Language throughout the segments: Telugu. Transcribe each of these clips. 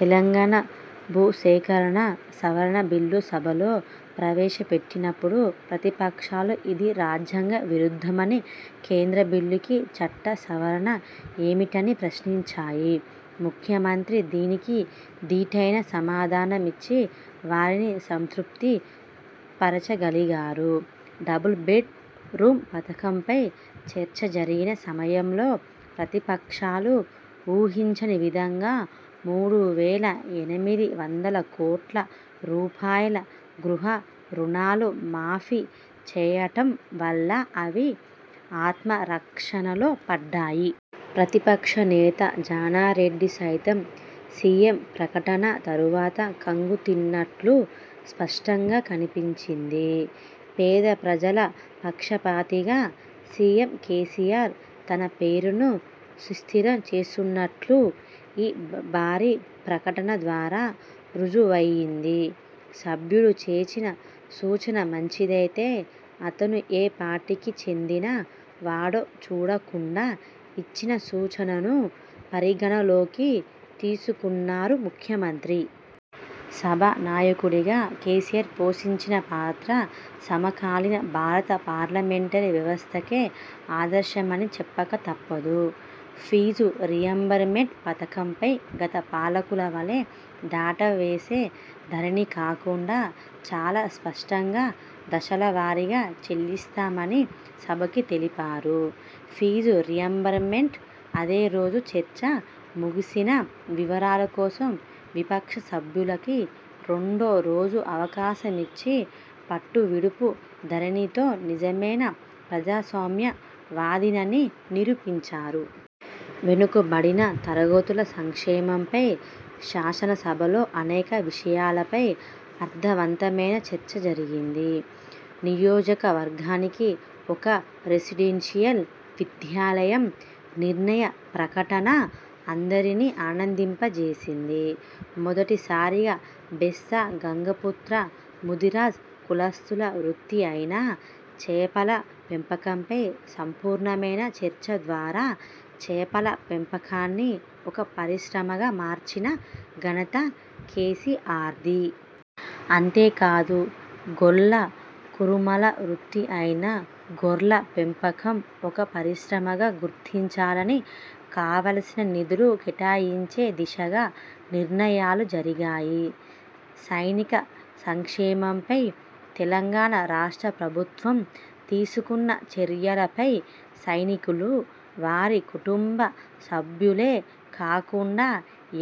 తెలంగాణ భూసేకరణ సవరణ బిల్లు సభలో ప్రవేశపెట్టినప్పుడు ప్రతిపక్షాలు ఇది రాజ్యాంగ విరుద్ధమని, కేంద్ర బిల్లుకి చట్ట సవరణ ఏమిటని ప్రశ్నించాయి. ముఖ్యమంత్రి దీనికి దీటైన సమాధానం ఇచ్చి వారిని సంతృప్తి పరచగలిగారు. డబుల్ బెడ్ రూం పథకంపై చర్చ జరిగిన సమయంలో ప్రతిపక్షాలు ఊహించని విధంగా మూడు వేల ఎనిమిది వందల కోట్ల రూపాయల గృహ రుణాలు మాఫీ చేయటం వల్ల అవి ఆత్మరక్షణలో పడ్డాయి. ప్రతిపక్ష నేత జానారెడ్డి సైతం సీఎం ప్రకటన తరువాత ఖంగుతిన్నట్లు స్పష్టంగా కన్పించింది. పేద ప్రజల పక్షపాతిగా సీఎం కేసీఆర్ తన పేరును సుస్థిరం చేసుకున్నట్లు ఈ భారీ ప్రక టన ద్వారా రుజువయింది. సభ్యుడు చేసిన సూచన మంచిదైతే అతను ఏ పార్టీకి చెందిన వాడో చూడకుండా ఇచ్చిన సూచనను పరిగణనలోకి తీసుకున్నారు ముఖ్యమంత్రి. సభా నాయకుడిగా కేసీఆర్ పోషించిన పాత్ర సమకాలీన భారత పార్లమెంటరీ వ్యవస్థకే ఆదర్శమని చెప్పక తప్పదు. ఫీజు రీయింబర్స్మెంట్ పథకంపై గత పాలకుల వలే దాటవేసే ధోరణి కాకుండా చాలా స్పష్టంగా దశల వారీగా చెల్లిస్తామని సభకి తెలిపారు. ఫీజు రీయింబర్స్మెంట్పై అదే రోజు చర్చ ముగిసినా వివరాల కోసం విపక్ష సభ్యులకి రెండో రోజు అవకాశం ఇచ్చి పట్టువిడుపు ధోరణితో నిజమైన ప్రజాస్వామ్య వాదినని నిరూపించారు. వెనుకబడిన తరగతుల సంక్షేమంపై శాసనసభలో అనేక విషయాలపై అర్థవంతమైన చర్చ జరిగింది. నియోజకవర్గానికి ఒక రెసిడెన్షియల్ విద్యాలయం నిర్ణయ ప్రకటన అందరినీ ఆనందింప జేసింది. మొదటిసారిగా బెస్త, గంగపుత్ర, ముదిరాజ్ కులస్తుల వృత్తి అయిన చేపల పెంపకంపై సంపూర్ణమైన చర్చ ద్వారా చేపల పెంపకాన్ని ఒక పరిశ్రమగా మార్చిన ఘనత కేసీఆర్ది. అంతేకాదు గొల్ల, కురుమల వృత్తి అయిన గొర్ల పెంపకం ఒక పరిశ్రమగా గుర్తించాలని కావలసిన నిధులు కేటాయించే దిశగా నిర్ణయాలు జరిగాయి. సైనిక సంక్షేమంపై తెలంగాణ రాష్ట్ర ప్రభుత్వం తీసుకున్న చర్యలపై సైనికులు, వారి కుటుంబ సభ్యులే కాకుండా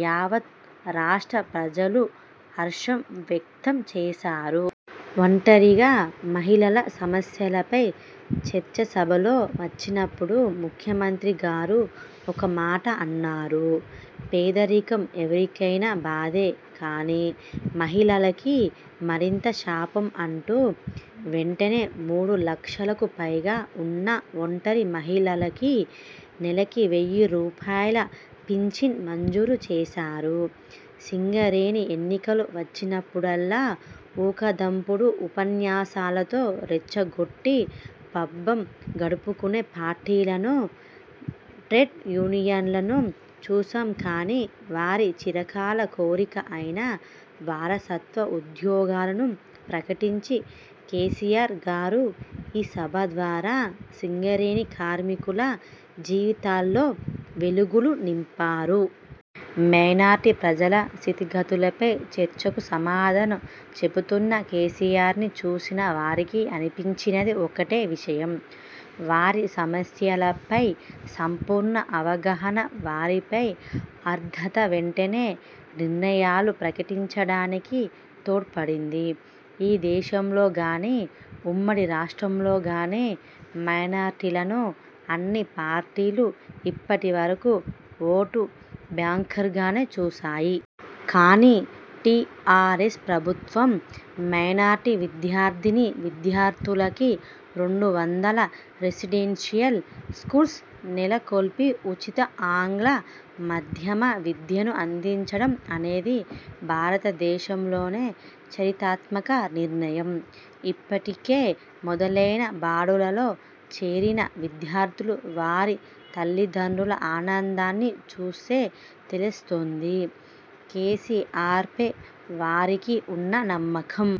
యావత్తు రాష్ట్ర ప్రజలు హర్షం వ్యక్తం చేశారు. ఒంటరి మహిళల సమస్యలపై చర్చ సభలో వచ్చినప్పుడు ముఖ్యమంత్రి గారు ఒక మాట అన్నారు. 'పేదరికం ఎవరికైనా బాధే కానీ మహిళలకి మరింత శాపం' అంటూ, వెంటనే మూడు లక్షలకు పైగా ఉన్న ఒంటరి మహిళలకి నెలకి వెయ్యి రూపాయల పించన్ మంజూరు చేశారు. సింగరేణి ఎన్నికలు వచ్చినప్పుడల్లా ఊకదంపుడు ఉపన్యాసాలతో రెచ్చగొట్టి పబ్బం గడుపుకునే పార్టీలను, ట్రేడ్ యూనియన్లను చూశాం కానీ వారి చిరకాల కోరిక అయిన వారసత్వ ఉద్యోగాలను ప్రకటించి కేసీఆర్ గారు ఈ సభ ద్వారా సింగరేణి కార్మికుల జీవితాల్లో వెలుగులు నింపారు. మైనార్టీ ప్రజల స్థితిగతులపై చర్చకు సమాధానం చెబుతున్న కేసీఆర్ని చూసిన వారికి అనిపించినది ఒక్కటే విషయం. వారి సమస్యలపై సంపూర్ణ అవగాహన, వారిపై ఆర్ద్రత వెంటనే నిర్ణయాలు ప్రకటించడానికి తోడ్పడింది. ఈ దేశంలో గానీ, ఉమ్మడి రాష్ట్రంలో గానీ మైనార్టీలను అన్ని పార్టీలు ఇప్పటి వరకూ ఓటు బ్యాంక్గానే చూశాయి. కానీ టీఆర్ఎస్ ప్రభుత్వం మైనార్టీ విద్యార్థినీ విద్యార్థులకి రెండు వందల రెసిడెన్షియల్ స్కూల్స్ నెలకొల్పి ఉచిత ఆంగ్ల మాధ్యమ విద్యను అందించడం అనేది భారతదేశంలోనే చారిత్రాత్మక నిర్ణయం. ఇప్పటికే మొదలైన బడులలో చేరిన విద్యార్థులు, వారి తల్లిదండ్రుల ఆనందాన్ని చూస్తే తెలుస్తోంది కేసీఆర్పై వారికి ఉన్న నమ్మకం.